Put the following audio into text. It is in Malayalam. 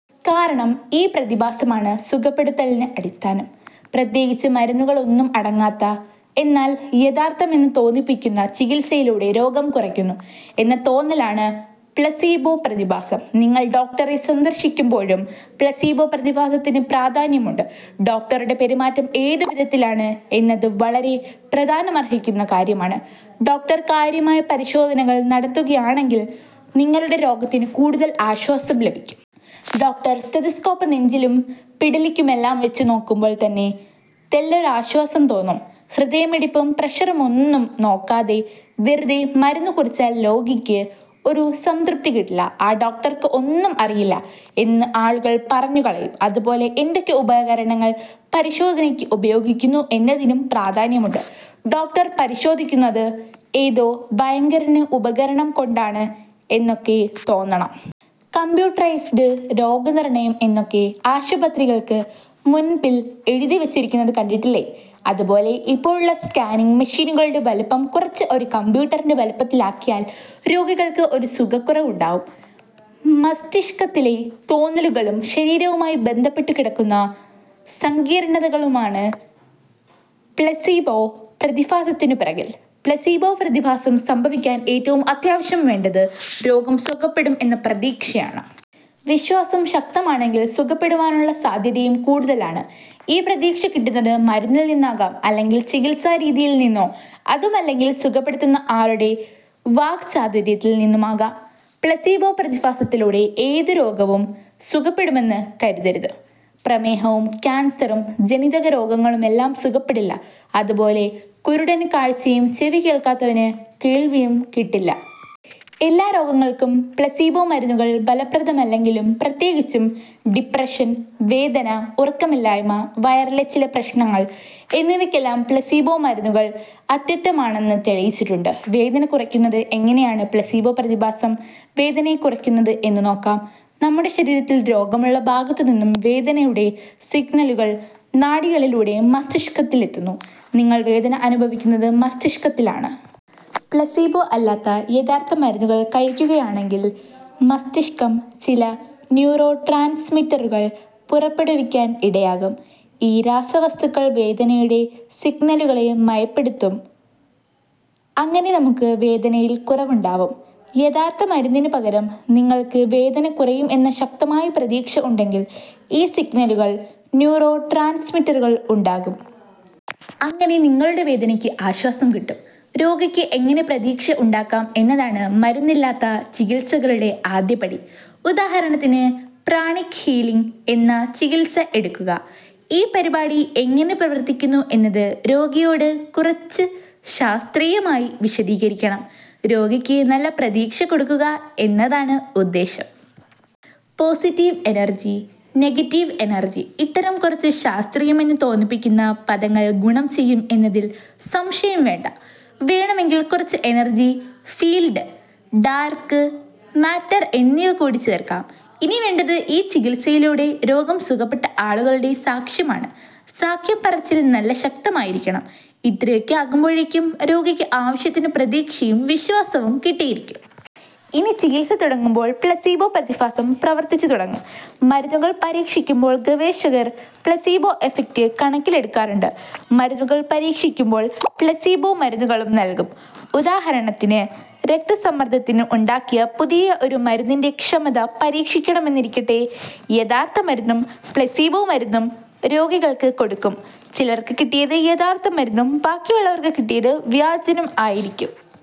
കാരണം ഈ പ്രതിഭാസമാണ് സുഖപ്പെടുത്തലിൻ അടിസ്ഥാനം. പ്രത്യേകിച്ച് മരുന്നുകളൊന്നും അടങ്ങാത്ത, എന്നാൽ യഥാർത്ഥമെന്നു തോന്നിപ്പിക്കുന്ന ചികിത്സയിലൂടെ രോഗം കുറയ്കന്നു എന്ന തോന്നലാണ് പ്ലെസീബോ പ്രതിഭാസം. നിങ്ങൾ ഡോക്ടറെ സന്ദർശിക്കുമ്പോഴും പ്ലെസീബോ പ്രതിഭാസത്തിനു പ്രാധാന്യമുണ്ട്. ഡോക്ടറുടെ പെരുമാറ്റം ഏതുവിധത്തിലാണ് എന്നതു വളരെ പ്രാധാന്യമർഹിക്കുന്ന കാര്യമാണ്. ഡോക്ടർ കാര്യമായ പരിശോധനകൾ നടത്തുകയാണെങ്കിൽ നിങ്ങളുടെ രോഗത്തിനു കൂടുതൽ ആശ്വാസം ലഭിക്കും. ഡോക്ടർ സ്റ്റെതസ്കോപ്പ് നെഞ്ചിലും പിടലിക്കുമെല്ലാം വച്ചുനോക്കുമ്പോൾ തന്നെ തെല്ലൊരാശ്വാസം തോന്നും. ഹൃദയമിടിപ്പും പ്രഷറുമൊന്നും നോക്കാതെ വെറുതെ മരുന്നുകുറിച്ചാൽ രോഗിക്ക് ഒരു സംതൃപ്തി കിട്ടില്ല. 'ആ ഡോക്ടർക്ക് ഒന്നും അറിയില്ല' എന്ന് ആളുകൾ പറഞ്ഞുകളയും. അതുപോലെ എന്തൊക്കെ ഉപകരണങ്ങൾ പരിശോധനക്ക് ഉപയോഗിക്കുന്നു എന്നതിനും പ്രാധാന്യമുണ്ട്. ഡോക്ടർ പരിശോധിക്കുന്നത് ഏതോ ഭയങ്കരൻ ഉപകരണം കൊണ്ടാണ് എന്നൊക്കെ തോന്നണം. കമ്പ്യൂട്ടറൈസ്ഡ് രോഗനിർണ്ണയം എന്നൊക്കെ ആശുപത്രികൾക്ക് മുൻപിൽ എഴുതിവച്ചിരിക്കുന്നത് കണ്ടിട്ടില്ലേ. അതുപോലെ ഇപ്പോഴുള്ള സ്കാനിംഗ് മെഷിനുകളുടെ വലിപ്പം കുറച്ച് ഒരു കമ്പ്യൂട്ടറിന്റെ വലിപ്പത്തിലാക്കിയാൽ രോഗികൾക്ക് ഒരു സുഖക്കുറവുണ്ടാകും. മസ്തിഷ്കത്തിലെ തോന്നലുകളും ശരീരവുമായി ബന്ധപ്പെട്ടുകിടക്കുന്ന സങ്കീർണ്ണതകളുമാണ് പ്ലെസീബോ പ്രതിഭാസത്തിനു പിറകിൽ പ്ലെസീബോ പ്രതിഭാസം സംഭവിക്കാൻ ഏറ്റവും അത്യാവശ്യം വേണ്ടത് രോഗം സുഖപ്പെടും എന്ന പ്രതീക്ഷയാണ്. വിശ്വാസം ശക്തമാണെങ്കിൽ സുഖപ്പെടുവാനുള്ള സാധ്യതയും കൂടുതലാണ്. ഈ പ്രതീക്ഷ കിട്ടുന്നത് മരുന്നിൽനിന്നാകാം അല്ലെങ്കിൽ ചികിത്സാ രീതിയിൽനിന്നോ അതുമല്ലെങ്കിൽ സുഖപ്പെടുത്തുന്ന ആളുടെ വാക്ചാതുര്യത്തിൽ നിന്നുമാകാം. പ്ലെസീബോ പ്രതിഭാസത്തിലൂടെ ഏതു രോഗവും സുഖപ്പെടുമെന്ന് കരുതരുത്. പ്രമേഹവും ക്യാൻസറും ജനിതകരോഗങ്ങളുമെല്ലാം സുഖപ്പെടില്ല. അതുപോലെ കുരുടൻ കാഴ്ചയും ചെവി കേൾക്കാത്തവനു കേൾവിയും കിട്ടില്ല. എല്ലാ രോഗങ്ങൾക്കും പ്ലെസീബോ മരുന്നുകൾ ഫലപ്രദമല്ലെങ്കിലും പ്രത്യേകിച്ചും ഡിപ്രഷൻ, വേദന, ഉറക്കമില്ലായ്മ, വയറിലെ ചില പ്രശ്നങ്ങൾ എന്നിവക്കെല്ലാം പ്ലെസീബോ മരുന്നുകൾ അത്യുത്തമമാണെന്ന് തെളിയിച്ചിട്ടുണ്ട്. വേദന കുറയ്ക്കുന്നത് എങ്ങനെയാണ് പ്ലെസീബോ പ്രതിഭാസം വേദനയെ കുറക്കുന്നത് എന്നുനോക്കാം. നമ്മുടെ ശരീരത്തിൽ രോഗമുള്ള ഭാഗത്തുനിന്നും വേദനയുടെ സിഗ്നലുകൾ നാഡികളിലൂടെ മസ്തിഷ്കത്തിലെത്തുന്നു. നിങ്ങൾ വേദന അനുഭവിക്കുന്നത് മസ്തിഷ്കത്തിലാണ്. പ്ലെസീബോ അല്ലാത്ത യഥാർത്ഥ മരുന്നുകൾ കഴിക്കുകയാണെങ്കിൽ മസ്തിഷ്കം ചില ന്യൂറോട്രാൻസ്മിറ്ററുകൾ പുറപ്പെടുവിക്കാൻ ഇടയാക്കും. ഈ രാസവസ്തുക്കൾ വേദനയുടെ സിഗ്നലുകളെ മയപ്പെടുത്തും. അങ്ങനെ നമുക്ക് വേദനയിൽ കുറവുണ്ടാകും. യഥാർത്ഥ മരുന്നിനു പകരം നിങ്ങൾക്ക് വേദന കുറയും എന്ന ശക്തമായ പ്രതീക്ഷ ഉണ്ടെങ്കിൽ ഈ സിഗ്നലുകൾ ന്യൂറോട്രാൻസ്മിറ്ററുകൾ ഉണ്ടാക്കും. അങ്ങനെ നിങ്ങളുടെ വേദനക്ക് ആശ്വാസം കിട്ടും. രോഗിക്ക് എങ്ങനെ പ്രതീക്ഷ ഉണ്ടാക്കാം എന്നതാണ് മരുന്നില്ലാത്ത ചികിത്സകളുടെ ആദ്യ പടി. ഉദാഹരണത്തിന് പ്രാണിക് ഹീലിംഗ് എന്ന ചികിത്സ എടുക്കുക. ഈ പരിപാടി എങ്ങനെ പ്രവർത്തിക്കുന്നു എന്നത് രോഗിയോട് കുറച്ചു 'ശാസ്ത്രീയമായി' വിശദീകരിക്കണം. രോഗിക്ക് നല്ല പ്രതീക്ഷ കൊടുക്കുക എന്നതാണ് ഉദ്ദേശം. പോസിറ്റീവ് എനർജി, നെഗറ്റീവ് എനർജി, ഇത്തരം കുറച്ചു ശാസ്ത്രീയമെന്നു തോന്നിപ്പിക്കുന്ന പദങ്ങൾ ഗുണം ചെയ്യും എന്നതിൽ സംശയം വേണ്ട. വേണമെങ്കിൽ കുറച്ചു എനർജി ഫീല്ഡ്, ഡാർക്ക് മാറ്റർ എന്നിവകൂടി ചേർക്കാം. ഇനി വേണ്ടത് ഈ ചികിത്സയിലൂടെ രോഗം സുഖപ്പെട്ട ആളുകളുടെ സാക്ഷ്യമാണ്. സാക്ഷ്യം പറച്ചിൽ നല്ല ശക്തമായിരിക്കണം. ഇത്രയൊക്കെ ആകുമ്പോഴേക്കും രോഗിക്ക് ആവശ്യത്തിനു പ്രതീക്ഷയും വിശ്വാസവും കിട്ടിയിരിക്കും. ഇനി ചികിത്സ തുടങ്ങുമ്പോൾ പ്ലെസീബോ പ്രതിഭാസം പ്രവർത്തിച്ചുതുടങ്ങും. മരുന്നുകൾ പരീക്ഷിക്കുമ്പോൾ ഗവേഷകർ പ്ലെസീബോ എഫ്ഫെക്റ്റ് കണക്കിലെടുക്കാറുണ്ട്. മരുന്നുകൾ പരീക്ഷിക്കുമ്പോൾ പ്ലെസീബോ മരുന്നുകളും നൽകും. ഉദാഹരണത്തിന് രക്സ്തസമ്മർദ്ദത്തിനു ഉണ്ടാക്കിയ പുതിയ ഒരു മരുന്നിന്റെ ക്ഷമത പരീക്ഷിക്കണമെന്നിരിക്കട്ടെ. യഥാർത്ഥ മരുന്നും പ്ലെസീബോ മരുന്നും രോഗികൾക്ക് കൊടുക്കും. ചിലർക്ക് കിട്ടിയത് യഥാർത്ഥ മരുന്നും ബാക്കിയുള്ളവർക്ക് കിട്ടിയതു വ്യാജനും ആയിരിക്കും.